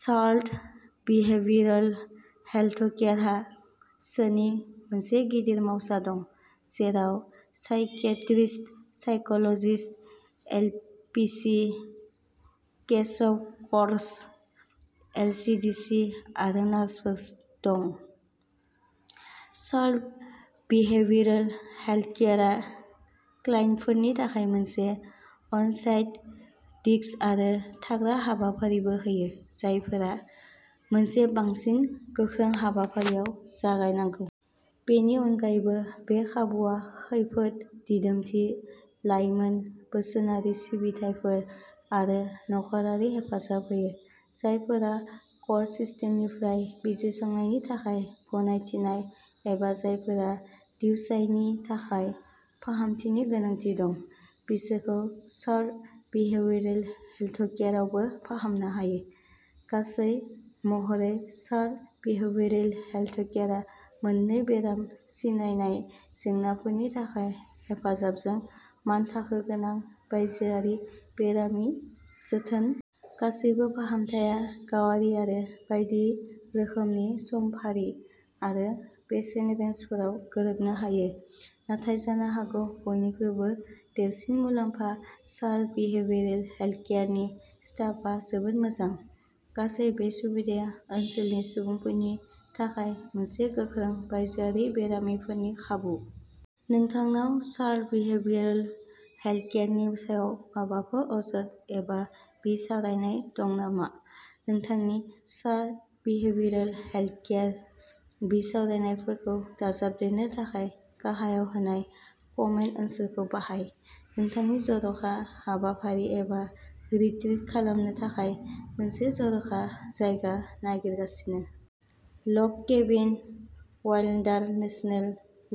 Charlotte behavioural हेल्थकेयारहा सोनि मोनसे गिदिर मावसा दं, जेराव psychiatrist, psychologist, LPC, caseworkers, LCDC आरो नार्सफोर दं। शार्लट बिहेवियरल हेल्थकेयारआ क्लाइन्टफोरनि थाखाय मोनसे अन-साइट डिटक्स आरो थाग्रा हाबाफारिबो होयो, जायफोरा मोनसे बांसिन गोख्रों हाबाफारियाव जागायनांगौ। बेनि अनगायैबो, बे खाबुआ खैफोद दिदोमथि, लाइमोन बोसोनारि सिबिथाइफोर आरो नखरारि हेफाजाब होयो। जायफोरा कर्ट सिस्टेमनिफ्राय बिजिरसंनायनि थाखाय गनायथिनाय एबा जायफोरा डिइउआइनि थाखाय फाहामथायनि गोनांथि दं, बिसोरखौ शार्लट बिहेवियरल हेल्थकेयारआवबो फाहामनो हायो। गासै महरै, शार्लट बिहेवियरल हेल्थकेयारआ मोन्नै बेराम सिनायनाय जेंनाफोरनि थाखाय हेफाजाबजों मानथाखो गोनां बायजोआरि बेरामि जोथोन होयो। गासैबो फाहामथाया गावारि आरो बायदि रोखोमनि समफारि आरो बेसेन रेन्जफोराव गोरोबनो हायो, नाथाय जानो हागौ बयनिख्रुइबो देरसिन मुलाम्फा शार्लट बिहेवियरल हेल्थकेयारनि स्टाफआ जोबोद मोजां। गासै बे सुबिदाया ओनसोलनि सुबुंफोरनि थाखाय मोनसे गोख्रों बायजोआरि बेरामिफोरनि खाबु। नोंथांनाव शार्लट बिहेवियरल हेल्थकेयारनि सायाव माबाफोर अजद एबा बिसावरायनाय दं नामा? नोंथांनि शार्लट बिहेवियरल हेल्थकेयार बिसावरायनायखौ दाजाबदेरनो थाखाय गाहायाव होनाय कमेन्ट ओनसोलखौ बाहाय। नोंथांनि जर'खा हाबाफारि एबा रिट्रिट खालामनो थाखाय मोनसे जर'खा जायगा नागिरगासिनो? लग केबिन वाइल्डारनेस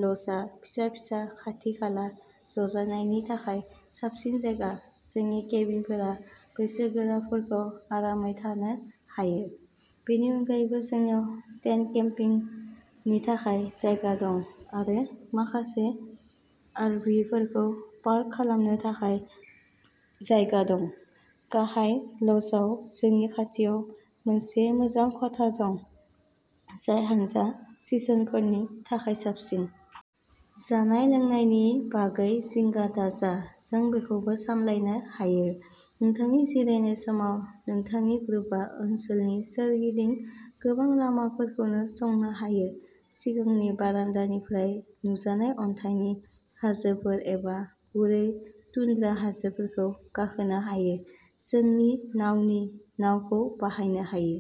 ल'जआ फिसा-फिसा खाथि-खाला ज'जानायनि थाखाय साबसिन जायगा। जोंनि केबिनफोरा बैसोगोराफोरखौ आरामै थानो हायो। बेनि अनगायैबो जोंनाव टेन्ट केम्पिंनि थाखाय जायगा दं आरो माखासे आरभिफोरखौ पार्क खालामनो थाखाय जायगा दं। गाहाय ल'जआव जोंनि खाथियाव मोनसे मोजां खथा दं जाय हानजा सेसनफोरनि थाखाय साबसिन। जानाय-लोंनायनि बागै जिंगा दाजा, जों बेखौबो सामलायनो हायो। नोंथांनि जिरायनाय समाव नोंथांनि ग्रुपआ ओनसोलनि सोरगिदिं गोबां लामाफोरखौ संनो हायो, सिगांनि बारान्दानिफ्राय नुजानाय अन्थाइनि हाजोफोर एबा गुरै टुन्ड्रा हाजोफोरखौ गाखोनो हायो, जोंनि नावनि नावखौ बाहायनो हायो।